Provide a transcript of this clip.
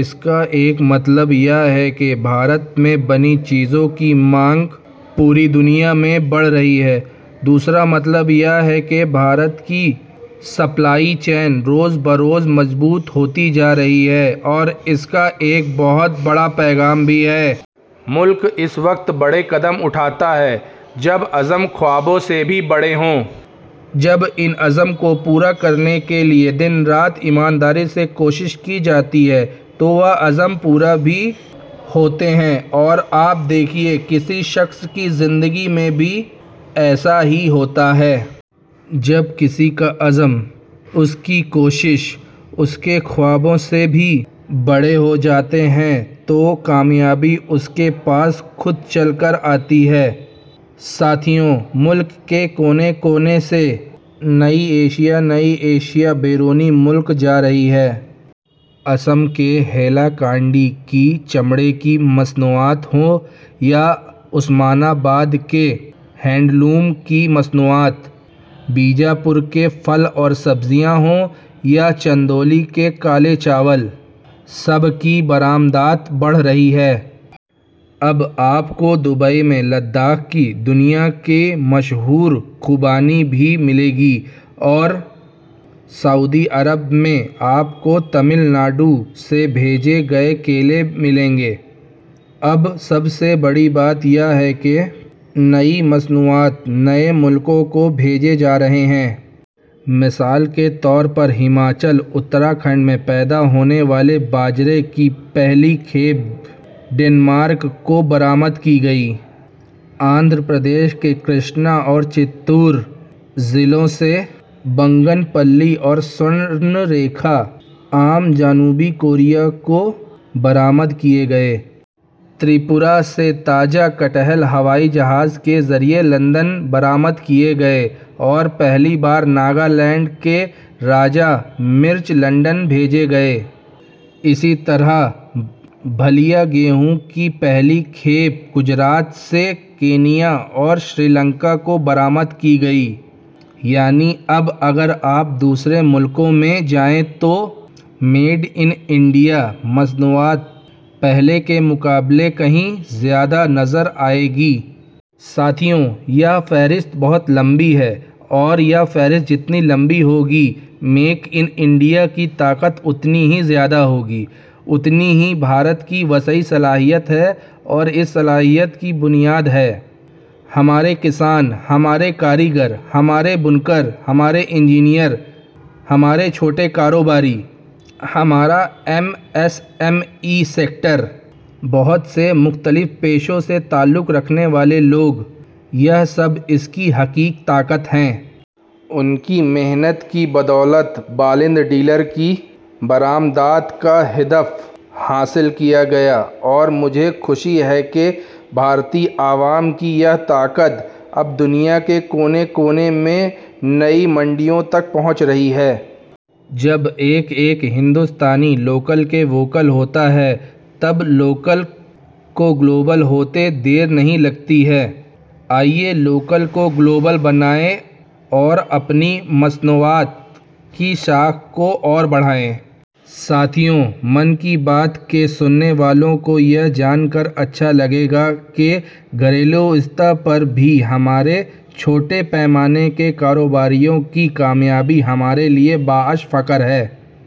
اس کا ایک مطلب یہ ہے کہ بھارت میں بنی چیزوں کی مانگ پوری دنیا میں بڑھ رہی ہے، دوسرا مطلب یہ ہے کہ بھارت کی سپلائی چین روز بروز مضبوط ہوتی جارہی ہے اور اس کا ایک بہت بڑا پیغام بھی ہے۔ ملک اس وقت بڑے قدم اٹھاتا ہے ، جب عز م خوابوں سے بھی بڑے ہوں۔ جب ان عزم کو پورا کرنے کے لئے دن رات ایمانداری سے کوشش کی جاتی ہے تو وہ عزم پورے بھی ہوتے ہیں اور آپ دیکھیئے ، کسی شخص کی زندگی میں بھی ایسا ہی ہوتا ہے ۔ جب کسی کا عزم، اس کی کوشش ، اس کے خوابوں سے بھی بڑے ہو جاتے ہیں تو کامیابی ، اُس کے پاس خود چل کر آتی ہے۔ ساتھیو ، ملک کے کونے کونے سے نئی اشیاء نئی اشیا بیرونی ممالک جا رہی ہیں ۔ آسام کے ہیلا کانڈی کی چمڑے کی مصنوعات ہوں یا عثمان آباد کی ہینڈلوم کی مصنوعات، بیجاپور کے پھل اور سبزیاں ہوں یا چندولی کے کالے چاول، سب کی برآمدات بڑھ رہی ہے ۔ اب، آپ کو دوبئی میں لداخ کی دنیا کی مشہور خوبانی بھی ملے گی اور سعودی عرب میں، آپ کو تمل ناڈو سے بھیجے گئے کیلے ملیں گے۔ اب سب سے بڑی بات یہ ہے کہ نئی مصنوعات نئے ممالک کو بھیجی جا رہی ہیں۔ مثال کے طور پر، ہماچل، اتراکھنڈ میں پیدا ہونے والے باجرے کی پہلی کھیپ ڈنمارک کو برآمد کی گئی۔ آندھرا پردیش کے کرشنا اور چتور اضلاع سے بنگن پلیّ اور سورن رِکھا آم جنوبی کوریا کو برآمد کئے گئے ۔ تری پورہ سے تازہ کٹہل ہوائی جہاز کے ذریعے لندن برآمد کئے گئے اور پہلی بار ناگالینڈ کی راجہ مرچ لندن بھیجی گئی ۔ اسی طرح بھالیا گیہوں کی پہلی کھیپ گجرات سے کینیا اور سری لنکا کو برآمد کی گئی یعنی اب اگر آپ دوسرے ممالک میں جائیں تو میڈ ان انڈیا مصنوعات پہلے کے مقابلے کہیں زیادہ نظر آئیں گی۔ ساتھیو ، یہ فہرست بہت لمبی ہے اور یہ فہرست جتنی لمبی ہوگی، میک ان انڈیا کی طاقت اتنی ہی زیادہ ہوگی، اتنی ہی بھارت کی وسیع صلاحیت ہے اور اس صلاحیت کی بنیاد ہیں – ہمارے کسان، ہمارے کاریگر، ہمارے بُنکر، ہمارے انجینئر ، ہمارے چھوٹے کاروباری، ہمارا M S M E sector, بہت سے مختلف پیشوں سے تعلق رکھنے والے لوگ، یہ سب اس کی حقیقی طاقت ہیں۔ ان کی محنت کی بدولت بلین ڈالر کی برآمدات کا ہدف حاصل کیا گیا ہے اور مجھے خوشی ہے کہ بھارتی عوام کی یہ طاقت اب دنیا کے کونے کونے میں نئی منڈیوں تک پہنچ رہی ہے۔ جب ایک ایک ہندوستانی لوکل کے ووکل ہوتا ہے ، تب لوکل کو گلوبل ہوتے دیر نہیں لگتی ہے ۔ آئیے لوکل کو گلوبل بنائیں اور اپنی مصنوعات کی ساکھ کو اور بڑھائیں ۔ ساتھیو ،' من کی بات ' کے سننے والوں کو یہ جان کر اچھا لگے گا کہ گھریلو سطح پر بھی ہمارے چھوٹے پیمانے کے کاروباریوں کی کامیابی ہمارے لئے باعث فخر ہے۔